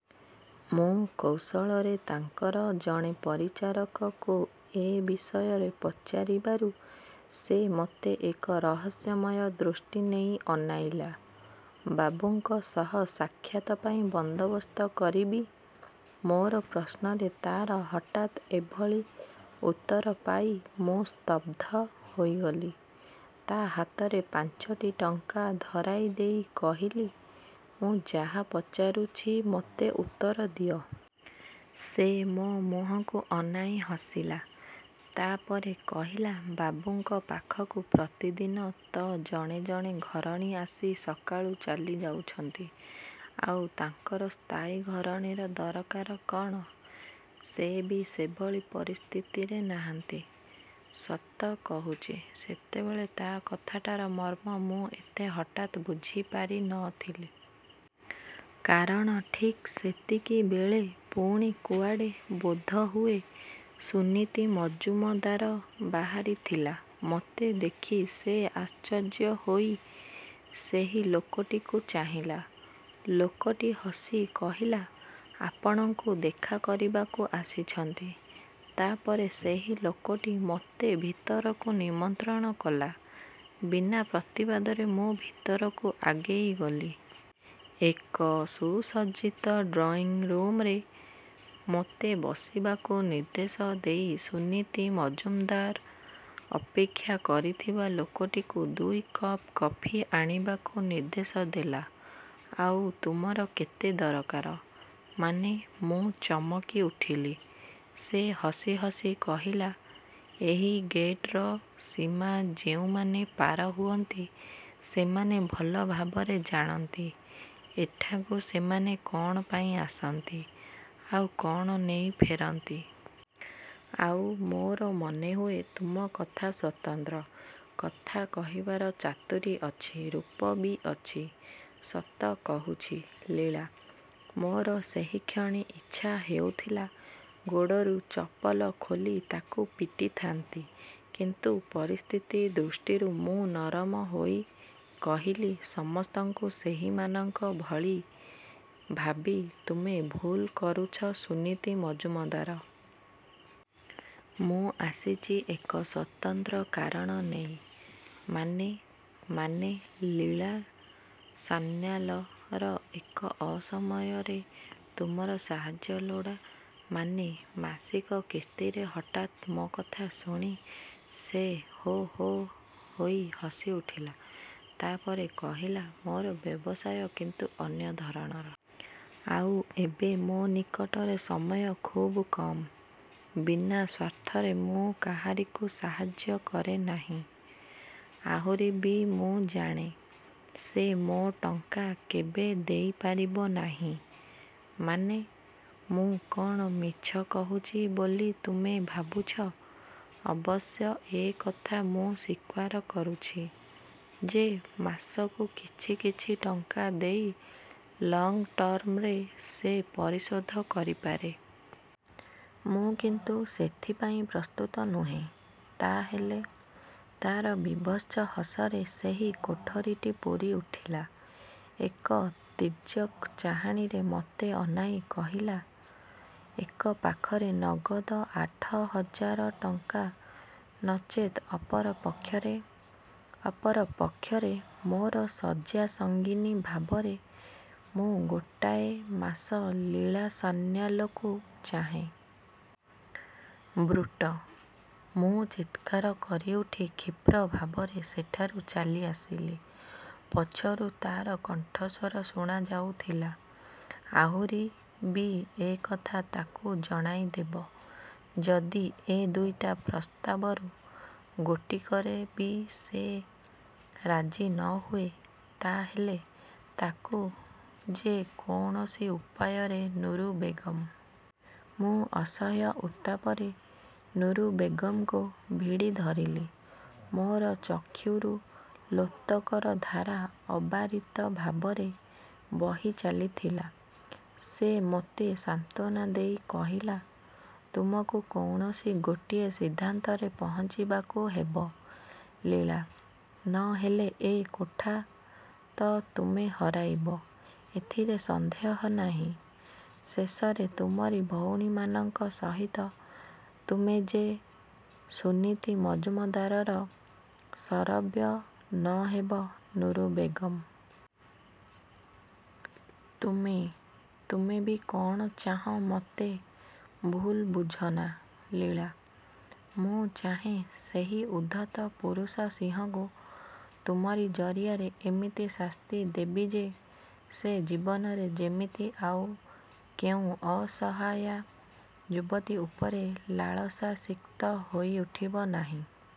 ମୁଁ କୌଶଳରେ ତାଙ୍କର ଜଣେ ପରିଚାରକକୁ ଏ ବିଷୟରେ ପଚାରିବାରୁ ସେ ମୋତେ ଏକ ରହସ୍ୟମୟ ଦୃଷ୍ଟି ନେଇ ଅନାଇଲା। ବାବୁଙ୍କ ସହ ସାକ୍ଷାତ ପାଇଁ ବନ୍ଦୋବସ୍ତ କରିବି? ମୋର ପ୍ରଶ୍ନରେ ତାର ହଠାତ୍ ଏଭଳି ଉତ୍ତର ପାଇ ମୁଁ ସ୍ତବ୍ଧ ହୋଇଗଲି। ତା ହାତରେ ପାଞ୍ଚଟି ଟଙ୍କା ଧରାଇ ଦେଇ କହିଲି ମୁଁ ଯାହା ପଚାରୁଛି ମୋତେ ଉତ୍ତର ଦିଅ। ସେ ମୋ ମୁହଁକୁ ଅନାଇ ହସିଲା। ତା ପରେ କହିଲା ବାବୁଙ୍କ ପାଖକୁ ପ୍ରତିଦିନ ତ ଜଣେ ଜଣେ ଘରଣୀ ଆସି ସକାଳୁ ଚାଲି ଯାଉଛନ୍ତି ଆଉ ତାଙ୍କର ସ୍ଥାୟୀ ଘରଣୀର ଦରକାର କଣ? ସେ ବି ସେଭଳି ପରିସ୍ଥିତିରେ ନାହାନ୍ତି। ସତ କହୁଛି ସେତେବେଳେ ତା କଥାଟାର ମର୍ମ ମୁଁ ଏତେ ହଠାତ୍ ବୁଝି ପାରିନଥିଲି। କାରଣ ଠିକ୍ ସେତିକିବେଳେ ପୁଣି କୁଆଡ଼େ ବୋଧହୁଏ ସୁନୀତି ମଜୁମଦାର ବାହାରିଥିଲା। ମୋତେ ଦେଖି ସେ ଆଶ୍ଚର୍ଯ୍ୟ ହୋଇ ସେହି ଲୋକଟିକୁ ଚାହିଁଲା। ଲୋକଟି ହସି କହିଲା ଆପଣଙ୍କୁ ଦେଖା କରିବାକୁ ଆସିଛନ୍ତି। ତା ପରେ ସେହି ଲୋକଟି ମୋତେ ଭିତରକୁ ନିମନ୍ତ୍ରଣ କଲା। ବିନା ପ୍ରତିବାଦରେ ମୁଁ ଭିତରକୁ ଆଗେଇ ଗଲି। ଏକ ସୁସଜ୍ଜିତ ଡ୍ରଇଁ ରୁମରେ ମୋତେ ବସିବାକୁ ନିର୍ଦ୍ଦେଶ ଦେଇ ସୁନୀତି ମଜୁମଦାର ଅପେକ୍ଷା କରିଥିବା ଲୋକଟିକୁ ଦୁଇ କପ୍ କଫି ଆଣିବାକୁ ନିର୍ଦ୍ଦେଶ ଦେଲା। ଆଉ ତୁମର କେତେ ଦରକାର ମାନେ ମୁଁ ଚମକି ଉଠିଲି। ସେ ହସି ହସି କହିଲା ଏହି ଗେଟର ସୀମା ଯେଉଁମାନେ ପାର ହୁଅନ୍ତି ସେମାନେ ଭଲ ଭାବରେ ଜାଣନ୍ତି ଏଠାକୁ ସେମାନେ କଣ ପାଇଁ ଆସନ୍ତି ଆଉ କଣ ନେଇ ଫେରନ୍ତି। ଆଉ ମୋର ମନେହୁଏ ତୁମ କଥା ସ୍ୱତନ୍ତ୍ର। କଥା କହିବାର ଚାତୁରୀ ଅଛି ରୂପ ବି ଅଛି। ସତ କହୁଛି ଲୀଳା ମୋର ସେହିକ୍ଷଣି ଇଚ୍ଛା ହେଉଥିଲା ଗୋଡ଼ରୁ ଚପଲ ଖୋଲି ତାକୁ ପିଟିଥାନ୍ତି। କିନ୍ତୁ ପରିସ୍ଥିତି ଦୃଷ୍ଟିରୁ ମୁଁ ନରମ ହୋଇ କହିଲି ସମସ୍ତଙ୍କୁ ସେହିମାନଙ୍କ ଭଳି ଭାବି ତୁମେ ଭୁଲ୍ କରୁଛ ସୁନୀତି ମଜୁମଦାର। ମୁଁ ଆସିଛି ଏକ ସ୍ୱତନ୍ତ୍ର କାରଣ ନେଇ ମାନେ ମାନେ ଲୀଳା ସାନ୍ନ୍ୟାଲର ଏ ଅସମୟରେ ତୁମର ସାହାଯ୍ୟ ଲୋଡ଼ା ମାନେ ମାସିକ କିସ୍ତିରେ ହଠାତ୍ ମୋ କଥା ଶୁଣି ସେ ହୋ ହୋ ହୋଇ ହସିଉଠିଲା। ତା ପରେ କହିଲା ମୋର ବ୍ୟବସାୟ କିନ୍ତୁ ଅନ୍ୟ ଧରଣର। ଆଉ ଏବେ ମୋ ନିକଟରେ ସମୟ ଖୁବ୍ କମ୍। ବିନା ସ୍ୱାର୍ଥରେ ମୁଁ କାହାରିକୁ ସାହାଯ୍ୟ କରେ ନାହିଁ। ଆହୁରି ବି ମୁଁ ଜାଣେ ସେ ମୋ ଟଙ୍କା କେବେ ଦେଇପାରିବ ନାହିଁ। ମାନେ ମୁଁ କଣ ମିଛ କହୁଛି ବୋଲି ତୁମେ ଭାବୁଛ? ଅବଶ୍ୟ ଏ କଥା ମୁଁ ସ୍ୱୀକାର କରୁଛି ଯେ ମାସକୁ କିଛି କିଛି ଟଙ୍କା ଦେଇ ଲଙ୍ଗ୍ ଟର୍ମରେ ସେ ପରିଶୋଧ କରିପାରେ। ମୁଁ କିନ୍ତୁ ସେଥିପାଇଁ ପ୍ରସ୍ତୁତ ନୁହେଁ। ତା ହେଲେ ତାର ବୀଭତ୍ସ ହସରେ ସେହି କୋଠରିଟି ପୂରିଉଠିଲା। ସେ ଏକ ତୀର୍ଯ୍ୟକ୍ ଚାହାଣୀରେ ମୋତେ ଅନାଇ କହିଲା ଏକ ପାଖରେ ନଗଦ ଆଠ ହଜାର ଟଙ୍କା ନଚେତ୍ ଅପର ପକ୍ଷରେ ଅପର ପକ୍ଷରେ? ମୋର ଶଯ୍ୟାସଙ୍ଗିନୀ ଭାବରେ ମୁଁ ଗୋଟାଏ ମାସ ଲୀଳା ସାନ୍ନ୍ୟାଲକୁ ଚାହେଁ। ବ୍ରୁଟ ମୁଁ ଚିତ୍କାର କରିଉଠି କ୍ଷୀପ୍ର ଭାବରେ ସେଠାରୁ ଚାଲିଆସିଲି। ପଛରୁ ତାର କଣ୍ଠସ୍ୱର ଶୁଣାଯାଉଥିଲା ଆହୁରି ବି ଏ କଥା ତାକୁ ଜଣାଇଦେବ ଯଦି ଏ ଦୁଇଟା ପ୍ରସ୍ତାବରୁ ଗୋଟିକରେ ବି ସେ ରାଜି ନ ହୁଏ ତା ହେଲେ ତାକୁ ଯେ କୌଣସି ଉପାୟରେ ନୁରୁ ବେଗମ୍। ମୁଁ ଅସହ୍ୟ ଉତ୍ତାପରେ ନୁରୁ ବେଗମ୍‌କୁ ଭିଡ଼ିଧରିଲି। ମୋର ଚକ୍ଷୁରୁ ଲୋତକର ଧାରା ଅବାରିତ ଭାବରେ ବହି ଚାଲିଥିଲା। ସେ ମୋତେ ସାନ୍ତ୍ୱନା ଦେଇ କହିଲା ତୁମକୁ କୌଣସି ଗୋଟିଏ ସିଦ୍ଧାନ୍ତରେ ପହଞ୍ଚିବାକୁ ହେବ ଲୀଳା। ନ ହେଲେ ଏ କୋଠା ତ ତୁମେ ହରାଇବ ଏଥିରେ ସନ୍ଦେହ ନାହିଁ ଶେଷରେ ତୁମରି ଭଉଣୀମାନଙ୍କ ସହିତ ତୁମେ ଯେ ସୁନୀତି ମଜୁମଦାରର ଶରବ୍ୟ ନ ହେବ ନୁରୁ ବେଗମ୍। ତୁମେ ତୁମେ ବି କଣ ଚାହଁ ମୋତେ ଭୁଲ୍ ବୁଝନା ଲୀଳା। ମୁଁ ଚାହେଁ ସେହି ଉଦ୍ଧତ ପୁରୁଷ ସିଂହକୁ ତୁମରି ଜରିଆରେ ଏମିତି ଶାସ୍ତି ଦେବି ଯେ ସେ ଜୀବନରେ ଯେମିତି ଆଉ କେଉଁ ଅସହାୟା ଯୁବତୀ ଉପରେ ଲାଳସାସିକ୍ତ ହୋଇଉଠିବ ନାହିଁ।